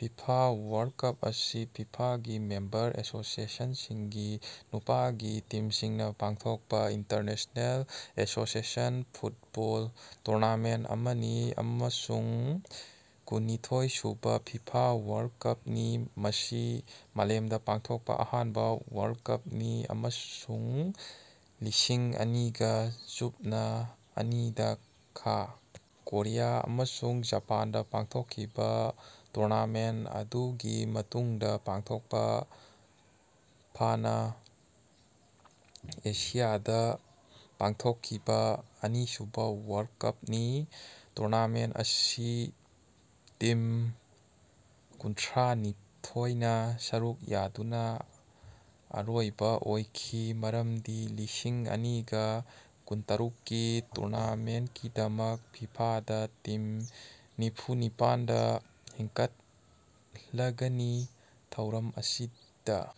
FIFA world cup ꯑꯁꯤ ꯐꯤꯐꯥꯒꯤ member ꯑꯦꯁꯣꯁꯤꯑꯦꯁꯟꯁꯤꯡꯒꯤ ꯅꯨꯄꯥꯒꯤ ꯇꯤꯝꯁꯤꯡꯅꯥ ꯄꯥꯡꯊꯣꯛꯄꯥ ꯏꯟꯇꯔꯅꯦꯁꯅꯦꯜ ꯑꯦꯁꯣꯁꯤꯑꯦꯁꯟ ꯐꯨꯠꯕꯣꯜ ꯇꯨꯔꯅꯥꯃꯦꯟ ꯑꯃꯅꯤ, ꯑꯃꯁꯨꯡ ꯀꯨꯟꯅꯤꯊꯣꯏ ꯁꯨꯕꯥ ꯐꯤꯐꯥ ꯋꯥꯔꯜ ꯀꯞꯅꯤ꯫ ꯃꯁꯤ ꯃꯥꯂꯦꯝꯗꯥ ꯄꯥꯡꯊꯣꯛꯄ ꯑꯍꯥꯟꯕ ꯋꯥꯔꯜꯗ ꯀꯞꯅꯤ, ꯑꯃꯁꯨꯡ ꯂꯤꯁꯤꯡ ꯑꯅꯤꯒ ꯆꯨꯞꯅꯥ ꯑꯅꯤꯗꯥ ꯈꯥ ꯀꯣꯔꯤꯌꯥ ꯑꯃꯁꯨꯡ ꯖꯄꯥꯟꯗ ꯄꯥꯡꯊꯣꯛꯈꯤꯕ ꯇ‌ꯣꯔꯅꯥꯃꯦꯟ ꯑꯗꯨꯒꯤ ꯃꯇꯨꯡꯗ ꯄꯥꯡꯊ‌ꯣꯛꯄ ꯐꯥꯅ ꯑꯦꯁꯤꯌꯥꯗ ꯄꯥꯡꯊꯣꯛꯈꯤꯕ ꯑꯅꯤꯁꯨꯕ ꯋꯥꯔꯜ ꯀꯞꯅꯤ꯫ ꯇ‌ꯣꯔꯅꯥꯃꯦꯟ ꯑꯁꯤ ꯇꯤꯝ ꯀꯨꯟꯊ꯭ꯔꯥꯅꯤꯊꯣꯏꯅꯥ ꯁꯔꯨꯛ ꯌꯥꯗꯨꯅ ꯑꯔꯣꯏꯕ ꯑꯣꯏꯈꯤ, ꯃꯔꯝꯗꯤ ꯂꯤꯁꯤꯡ ꯑꯅꯤꯒ ꯀꯨꯟꯇꯔꯨꯛꯀꯤ ꯇꯨꯔꯅꯥꯃꯦꯟꯀꯤꯗꯃꯛ ꯐꯤꯐꯥꯗ ꯇꯤꯝ ꯅꯤꯐꯨꯅꯤꯄꯥꯟꯗꯥ ꯍꯦꯟꯒꯠꯂꯒꯅꯤ꯫ ꯊꯧꯔꯝ ꯑꯁꯤꯗ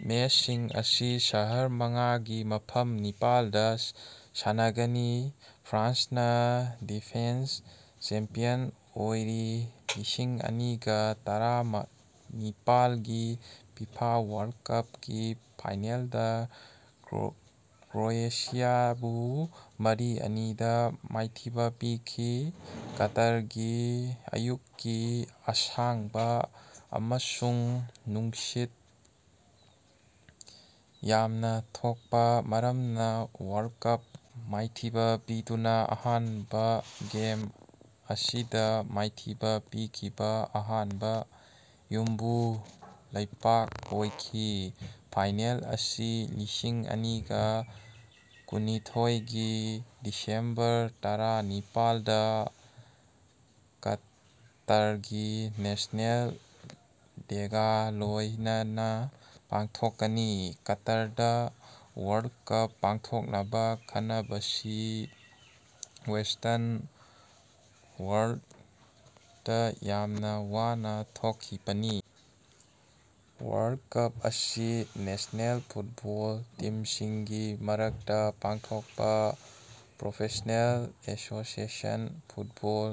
ꯃꯦꯁꯁꯤꯡ ꯑꯁꯤ ꯁꯍꯔ ꯃꯉꯥꯒꯤ ꯃꯐꯝ ꯅꯤꯄꯥꯜꯗ ꯁꯥꯟꯅꯒꯅꯤ꯫ ꯐ꯭ꯔꯥꯟꯁꯅꯥ ꯗꯤꯐꯦꯟꯁ ꯆꯦꯝꯄꯤꯌꯟ ꯑꯣꯏꯔꯤ, ꯂꯤꯁꯤꯡ ꯑꯅꯤꯒ ꯇꯔꯥꯃ ꯅꯤꯄꯥꯜꯒꯤ ꯐꯤꯐꯥ ꯋꯥꯔꯜ ꯀꯞꯀꯤ ꯐꯥꯏꯅꯦꯜꯗꯥ ꯀ꯭ꯔ‌ꯣ ꯀ꯭ꯔꯣꯌꯦꯁꯤꯌꯥꯕꯨ ꯃꯔꯤ-ꯑꯅꯤ ꯗꯥ ꯃꯥꯏꯊꯤꯕ ꯄꯤꯈꯤ꯫ ꯀꯇꯥꯔꯒꯤ ꯑꯌꯨꯛꯀꯤ ꯑꯁꯥꯡꯕ ꯑꯃꯁꯨꯡ ꯅꯨꯡꯁꯤꯠ ꯌꯥꯝꯅ ꯊꯣꯛꯄ ꯃꯔꯝꯅ ꯋꯥꯔꯜ ꯀꯞ ꯃꯥꯏꯊꯤꯕ ꯄꯤꯗꯨꯅ ꯑꯍꯥꯟꯕ ꯒꯦꯝ ꯑꯁꯤꯗ ꯃꯥꯏꯊꯤꯕ ꯄꯤꯈꯤꯕ ꯑꯍꯥꯟꯕ ꯌꯨꯝꯕꯨ ꯂꯩꯄꯥꯛ ꯑꯣꯏꯈꯤ꯫ ꯐꯥꯏꯅꯦꯜ ꯑꯁꯤ ꯂꯤꯁꯤꯡ ꯑꯅꯤꯒ ꯀꯨꯟꯅꯤꯊꯣꯏꯒꯤ ꯗꯤꯁꯦꯝꯕꯔ ꯇꯔꯥꯅꯤꯄꯥꯜꯗ ꯀꯠꯇꯔꯒꯤ ꯅꯦꯁꯅꯦꯜ ꯗꯦꯒꯥ ꯂꯣꯏꯅꯅ ꯄꯥꯡꯊꯣꯛꯀꯅꯤ꯫ ꯀꯠꯇꯔꯗꯥ ꯋꯥꯔꯜ ꯀꯞ ꯄꯥꯡꯊꯣꯛꯅꯕ ꯈꯟꯅꯕꯁꯤ ꯋꯦꯁꯇꯟ ꯋꯥꯔꯜꯇ ꯌꯥꯝꯅ ꯋꯥꯅ ꯊꯣꯛꯈꯤꯕꯅꯤ꯫ ꯋꯥꯔꯜꯗ ꯀꯞ ꯑꯁꯤ ꯅꯦꯁꯅꯦꯜ ꯐꯨꯠꯕꯣꯜ ꯇꯤꯝꯁꯤꯡꯒꯤ ꯃꯔꯛꯇ ꯄꯥꯡꯊꯣꯛꯄ ꯄ꯭ꯔꯣꯐꯦꯁ꯭ꯅꯦꯜ ꯑꯦꯁꯣꯁꯤꯑꯦꯁꯟ ꯐꯨꯠꯕꯣꯜ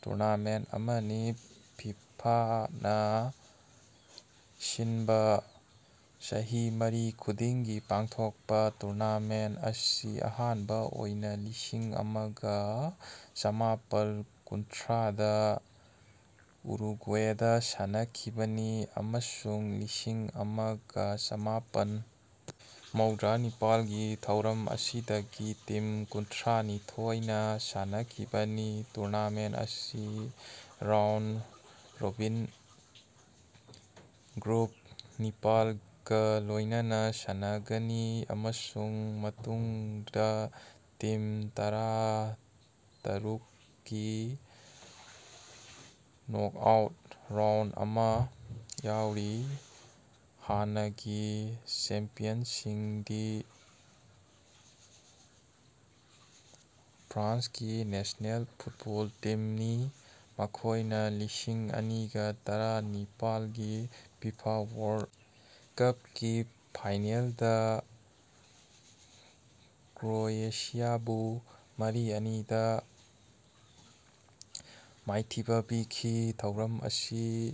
ꯇꯨꯔꯅꯥꯃꯦꯟ ꯑꯃꯅꯤ꯫ ꯐꯤꯐꯥꯅ ꯁꯤꯟꯕ ꯆꯍꯤ ꯃꯔꯤ ꯈꯨꯗꯤꯡꯒꯤ ꯄꯥꯡꯊꯣꯛꯄ ꯇꯨꯔꯅꯥꯃꯦꯟ ꯑꯁꯤ ꯑꯍꯥꯟꯕ ꯑꯣꯏꯅ ꯂꯤꯁꯤꯡ ꯑꯃꯒꯥ ꯆꯃꯥꯄꯜ ꯀꯨꯟꯊ꯭ꯔꯥꯗ ꯎꯔꯨꯒꯨꯋꯦꯗꯥ ꯁꯥꯟꯅꯈꯤꯕꯅꯤ, ꯑꯃꯁꯨꯡ ꯂꯤꯁꯤꯡ ꯑꯃꯒꯥ ꯆꯃꯥꯄꯟ ꯃꯧꯗ꯭ꯔꯥꯅꯤꯄꯥꯜꯒꯤ ꯊꯧꯔꯝ ꯑꯁꯤꯗꯒꯤ ꯇꯤꯝ ꯀꯨꯟꯊ꯭ꯔꯥꯅꯤꯊꯣꯏꯅꯥ ꯁꯥꯟꯅꯈꯤꯕꯅꯤ꯫ ꯇꯨꯔꯅꯥꯃꯦꯟ ꯑꯁꯤ ꯔꯥꯎꯟ-ꯔꯣꯕꯤꯟ ꯒ꯭ꯔꯨꯞ ꯅꯤꯄꯥꯜꯒꯥ ꯂꯣꯏꯅꯅꯥ ꯁꯥꯟꯅꯒꯅꯤ ꯑꯃꯁꯨꯡ ꯃꯇꯨꯡꯗꯥ ꯇꯤꯝ ꯇꯔꯥꯇꯔꯨꯛꯀꯤ ꯅꯣꯛꯑꯥꯎꯠ ꯔꯥꯎꯟ ꯑꯃ ꯌꯥꯎꯔꯤ꯫ ꯍꯥꯟꯅꯒꯤ ꯆꯦꯝꯄꯤꯌꯟꯁꯤꯡꯗꯤ ꯐ꯭ꯔꯥꯟꯁꯀꯤ ꯅꯦꯁ꯭ꯅꯦꯜ ꯐꯨꯠꯕꯣꯜ ꯇꯤꯝꯅꯤ, ꯃꯈꯣꯢꯅ ꯂꯤꯁꯤꯡ ꯑꯅꯤꯒ ꯇꯔꯥꯅꯤꯄꯥꯜꯒꯤ ꯐꯤꯐꯥ ꯋꯥꯔꯜ ꯀꯞꯀꯤ ꯐꯥꯏꯅꯦꯜꯗꯥ ꯀ꯭ꯔꯣꯌꯦꯁꯤꯌꯥꯕꯨ ꯃꯔꯤ- ꯑꯅꯤ ꯗꯥ ꯃꯥꯏꯊꯤꯕ ꯄꯤꯈꯤ꯫ ꯊꯧꯔꯝ ꯑꯁꯤ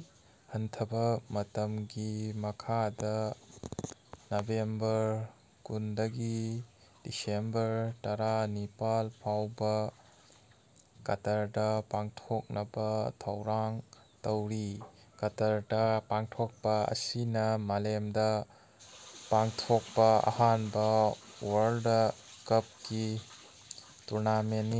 ꯍꯟꯊꯕ ꯃꯇꯝꯒꯤ ꯃꯈꯥꯗ, ꯅꯕꯦꯝꯕꯔ ꯀꯨꯟꯗꯒꯤ ꯗꯤꯁꯦꯝꯕꯔ ꯇꯔꯥꯅꯤꯄꯥꯜ ꯐꯥꯎꯕ ꯀꯇꯥꯔꯗꯥ ꯄꯥꯡꯊꯣꯛꯅꯕ ꯊꯧꯔꯥꯡ ꯇꯧꯔꯤ꯫ ꯀꯇꯥꯔꯗꯥ ꯄꯥꯡꯊꯣꯛꯄ ꯑꯁꯤꯅ ꯃꯥꯂꯦꯝꯗꯥ ꯄꯥꯡꯊꯣꯛꯄ ꯑꯍꯥꯟꯕ ꯋꯥꯔꯜꯗ ꯀꯞꯀꯤ ꯇꯨꯔꯅꯥꯃꯦꯟꯅꯤ꯫